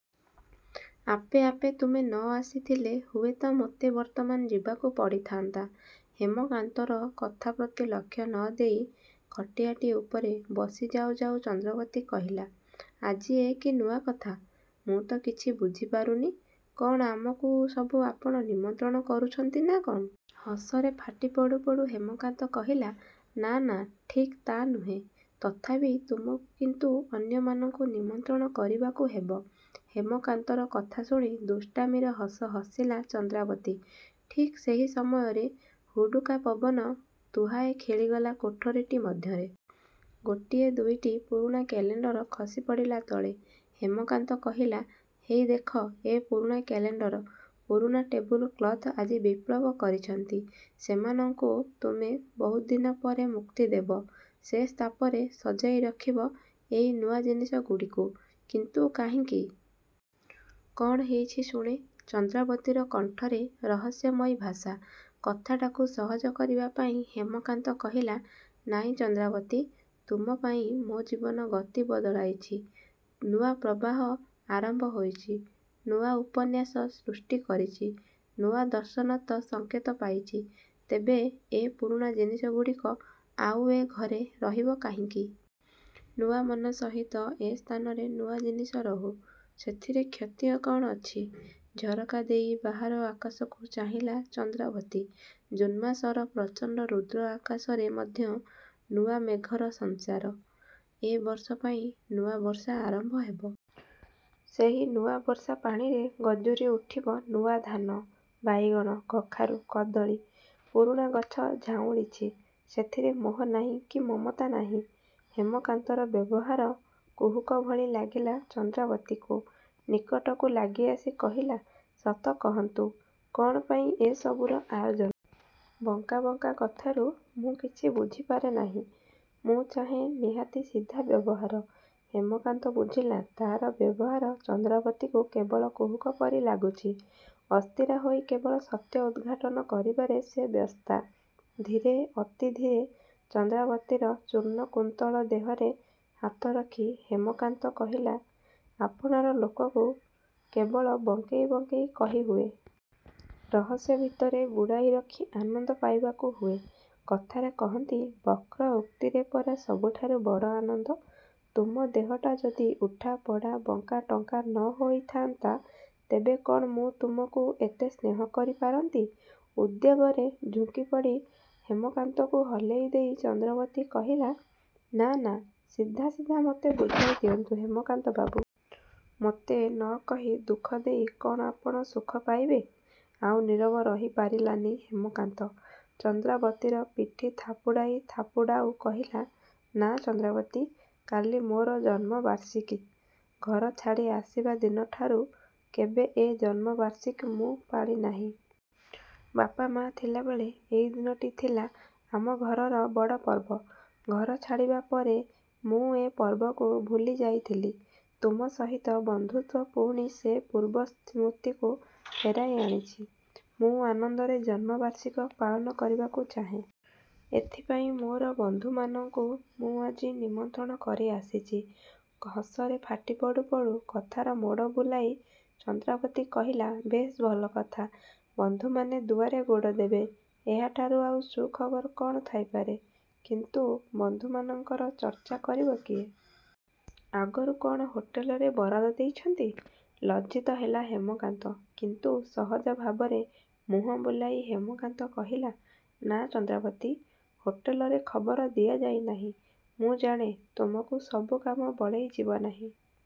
ଆପେ ଆପେ ତୁମେ ନ ଆସିଥିଲେ ହୁଏତ ମୋତେ ବର୍ତ୍ତମାନ ଯିବାକୁ ପଡ଼ିଥାନ୍ତା। '' ହେମକାନ୍ତର କଥା ପ୍ରତି ଲକ୍ଷ୍ୟ ନ ଦେଇ ଖଟିଆଟି ଉପରେ ବସି ଯାଉ ଯାଉ ଚନ୍ଦ୍ରାବତୀ କହିଲା''ଆଜି ଏ କି ନୂଆ କଥା। ମୁଁ ତ କିଛି ବୁଝିପାରୁନି। କ'ଣ ଆମକୁ ସବୁ ଆପଣ ନିମନ୍ତ୍ରଣ କରୁଛନ୍ତି ନାଁ କ'ଣ? '' ହସରେ ଫାଟି ପଡ଼ୁ ପଡ଼ୁ ହେମକାନ୍ତ କହିଲା ''ନାଁ ନାଁ ଠିକ୍ ତା' ନୁହେଁ, ତଥାପି ତୁମକୁ କିନ୍ତୁ ଅନ୍ୟମାନଙ୍କୁ ନିମନ୍ତ୍ରଣ କରିବାକୁ ହେବ। '' ହେମକାନ୍ତର କଥା ଶୁଣି ଦୁଷ୍ଟାମୀର ହସ ହସିଲା ଚନ୍ଦ୍ରାବତୀ। ଠିକ୍ ସେହି ସମୟରେ ହୁଡ଼ୁକା ପବନ ତୁହାଏ ଖେଳିଗଲା କୋଠରୀଟି ମଧ୍ୟରେ। ଗୋଟିଏ ଦୁଇଟି ପୁରୁଣା କ୍ୟାଲେଣ୍ଡର ଖସିପଡ଼ିଲା ତଳେ। ହେମକାନ୍ତ କହିଲା ''ହେଇ ଦେଖ ଏ ପୁରୁଣା କ୍ୟାଲେଣ୍ଡର, ପୁରୁଣା ଟେବୁଲ କ୍ଲଥ୍ ଆଜି ବିପ୍ଲବ କରିଛନ୍ତି। ସେମାନଙ୍କୁ ତୁମେ ବହୁଦିନ ପରେ ମୁକ୍ତି ଦେବ। ସେ ସ୍ଥାପରେ ସଜାଇ ରଖିବ ଏଇ ନୂଆ ଜିନିଷଗୁଡ଼ିକୁ। '' ''କିନ୍ତୁ କାହିଁକି? କ'ଣ ହେଇଛି ଶୁଣେ। '' ଚନ୍ଦ୍ରାବତୀର କଣ୍ଠରେ ରହସ୍ୟମୟୀ ଭାଷା। କଥାଟାକୁ ସହଜ କରିବା ପାଇଁ ହେମକାନ୍ତ କହିଲା''ନାଇଁ ଚନ୍ଦ୍ରାବତୀ, ତୁମପାଇଁ ମୋ ଜୀବନ ଗତି ବଦଳାଇଛି। ନୂଆ ପ୍ରବାହ ଆରମ୍ଭ ହୋଇଛି, ନୂଆ ଉପନ୍ୟାସ ସୃଷ୍ଟି କରିଛି, ନୂଆ ଦର୍ଶନତ ସଙ୍କେତ ପାଇଛି। ତେବେ ଏ ପୁରୁଣା ଜିନିଷଗୁଡ଼ିକ ଆଉ ଏ ଘରେ ରହିବ କାହିଁକି? ନୂଆ ମନ ସହିତ ଏ ସ୍ଥାନରେ ନୂଆ ଜିନିଷ ରହୁ। ସେଥିରେ କ୍ଷତି କ'ଣ ଅଛି? '' ଝରକା ଦେଇ ବାହାର ଆକାଶକୁ ଚାହିଁଲା ଚନ୍ଦ୍ରାବତୀ। ଜୁନ୍ମାସର ପ୍ରଚଣ୍ଡ ରୁଦ୍ର ଆକାଶରେ ମଧ୍ୟ ନୂଆ ମେଘର ସଞ୍ଚାର। ଏ ବର୍ଷ ପାଇଁ ନୂଆ ବର୍ଷା ଆରମ୍ଭ ହେବ। ସେହି ନୂଆ ବର୍ଷା ପାଣିରେ ଗଜୁରି ଉଠିବ ନୂଆ ଧାନ, ବାଇଗଣ, କଖାରୁ, କଦଳୀ। ପୁରୁଣା ଗଛ ଝାଉଁଳିଛି। ସେଥିରେ ମୋହ ନାହିଁ କି ମମତା ନାହିଁ। ହେମକାନ୍ତର ବ୍ୟବହାର କୁହୁକ ଭଳି ଲାଗିଲା ଚନ୍ଦ୍ରାବତୀକୁ। ନିକଟକୁ ଲାଗି ଆସି କହିଲା ''ସତ କହନ୍ତୁ.. କ'ଣ ପାଇଁ ଏ ସବୁର ଆୟୋଜନ। ବଙ୍କା ବଙ୍କା କଥାରୁ ମୁଁ କିଛି ବୁଝି ପାରେନାହିଁ। ମୁଁ ଚାହେଁ ନିହାତି ସିଧା ବ୍ୟବହାର। '' ହେମକାନ୍ତ ବୁଝିଲା ତା'ର ବ୍ୟବହାର ଚନ୍ଦ୍ରାବତୀକୁ କେବଳ କୁହୁକ ପରି ଲାଗୁଛି। ଅସ୍ଥିରା ହୋଇ କେବଳ ସତ୍ୟ ଉଦ୍ଘାଟନ କରିବାରେ ସେ ବ୍ୟସ୍ତା। ଧୀରେ ଅତି ଧୀରେ ଚନ୍ଦ୍ରାବତୀର ଚୂର୍ଣ୍ଣ କୁନ୍ତଳ ଦେହରେ ହାତ ରଖି ହେମକାନ୍ତ କହିଲା''ଆପଣାର ଲୋକକୁ କେବଳ ବଙ୍କେଇ ବଙ୍କେଇ କହି ହୁଏ। ରହସ୍ୟ ଭିତରେ ବୁଡ଼ାଇରଖି ଆନନ୍ଦ ପାଇବାକୁ ହୁଏ। କଥାରେ କହନ୍ତି ବକ୍ର ଉକ୍ତିରେ ପରା ସବୁଠାରୁ ବଡ଼ ଆନନ୍ଦ। ତୁମ ଦେହଟା ଯଦି ଉଠା, ପଡ଼ା, ବଙ୍କା, ଟଙ୍କା ନ ହୋଇଥାନ୍ତା ତେବେ କ'ଣ ମୁଁ ତୁମକୁ ଏତେ ସ୍ନେହ କରି ପାରନ୍ତି? '' ଉଦ୍ବେଗରେ ଝୁଙ୍କି ପଡ଼ି ହେମକାନ୍ତକୁ ହଲେଇ ଦେଇ ଚନ୍ଦ୍ରାବତୀ କହିଲା''ନାଁ ନାଁ ସିଧା ସିଧା ମୋତେ ବୁଝାଇ ଦିଅନ୍ତୁ ହେମକାନ୍ତ ବାବୁ! ମୋତେ ନ କହି ଦୁଃଖ ଦେଇ କ'ଣ ଆପଣ ସୁଖ ପାଇବେ? '' ଆଉ ନୀରବ ରହି ପାରିଲାନି ହେମକାନ୍ତ। ଚନ୍ଦ୍ରାବତୀର ପିଠି ଥାପୁଡ଼ାଇ ଥାପୁଡ଼ାଉ କହିଲା''ନାଁ ଚନ୍ଦ୍ରାବତୀ! କାଲି ମୋର ଜନ୍ମବାର୍ଷିକୀ। ଘର ଛାଡ଼ି ଆସିବା ଦିନଠାରୁ କେବେ ଏ ଜନ୍ମବାର୍ଷିକୀ ମୁଁ ପାଳିନାହିଁ। ବାପା ମାଆ ଥିଲାବେଳେ ଏଇ ଦିନଟି ଥିଲା ଆମ ଘରର ବଡ଼ ପର୍ବ। ଘର ଛାଡ଼ିବା ପରେ ମୁଁ ଏ ପର୍ବକୁ ଭୁଲି ଯାଇଥିଲି। ତୁମ ସହିତ ବନ୍ଧୁତ୍ୱ ପୁଣି ସେ ପୂର୍ବ ସ୍ମୃତିକୁ ଫେରାଇ ଆଣିଛି। ମୁଁ ଆନନ୍ଦରେ ଜନ୍ମବାର୍ଷିକୀ ପାଳନ କରିବାକୁ ଚାହେଁ। ଏଥିପାଇଁ ମୋର ବନ୍ଧୁମାନଙ୍କୁ ମୁଁ ଆଜି ନିମନ୍ତ୍ରଣ କରି ଆସିଛି। '' ହସରେ ଫାଟି ପଡ଼ୁ ପଡ଼ୁ କଥାର ମୋଡ଼ ବୁଲାଇ ଚନ୍ଦ୍ରାବତୀ କହିଲା''ବେଶ୍ ଭଲ କଥା। ବନ୍ଧୁମାନେ ଦୁଆରେ ଗୋଡ଼ ଦେବେ ଏହାଠାରୁ ଆଉ ସୁଖବର କ'ଣ ଥାଇପାରେ? କିନ୍ତୁ ବନ୍ଧୁମାନଙ୍କର ଚର୍ଚ୍ଚା କରିବ କିଏ? ଆଗରୁ କ'ଣ ହୋଟେଲରେ ବରାଦ ଦେଇଛନ୍ତି? '' ଲଜ୍ଜିତ ହେଲା ହେମକାନ୍ତ କିନ୍ତୁ ସହଜ ଭାବରେ ମୁହଁ ବୁଲାଇ ହେମକାନ୍ତ କହିଲା''ନାଁ... ଚନ୍ଦ୍ରାବତୀ! ହୋଟେଲରେ ଖବର ଦିଆଯାଇ ନାହିଁ। ମୁଁ ଜାଣେ ତୁମକୁ, ସବୁ କାମ ବଳେଇ ଯିବନାହିଁ।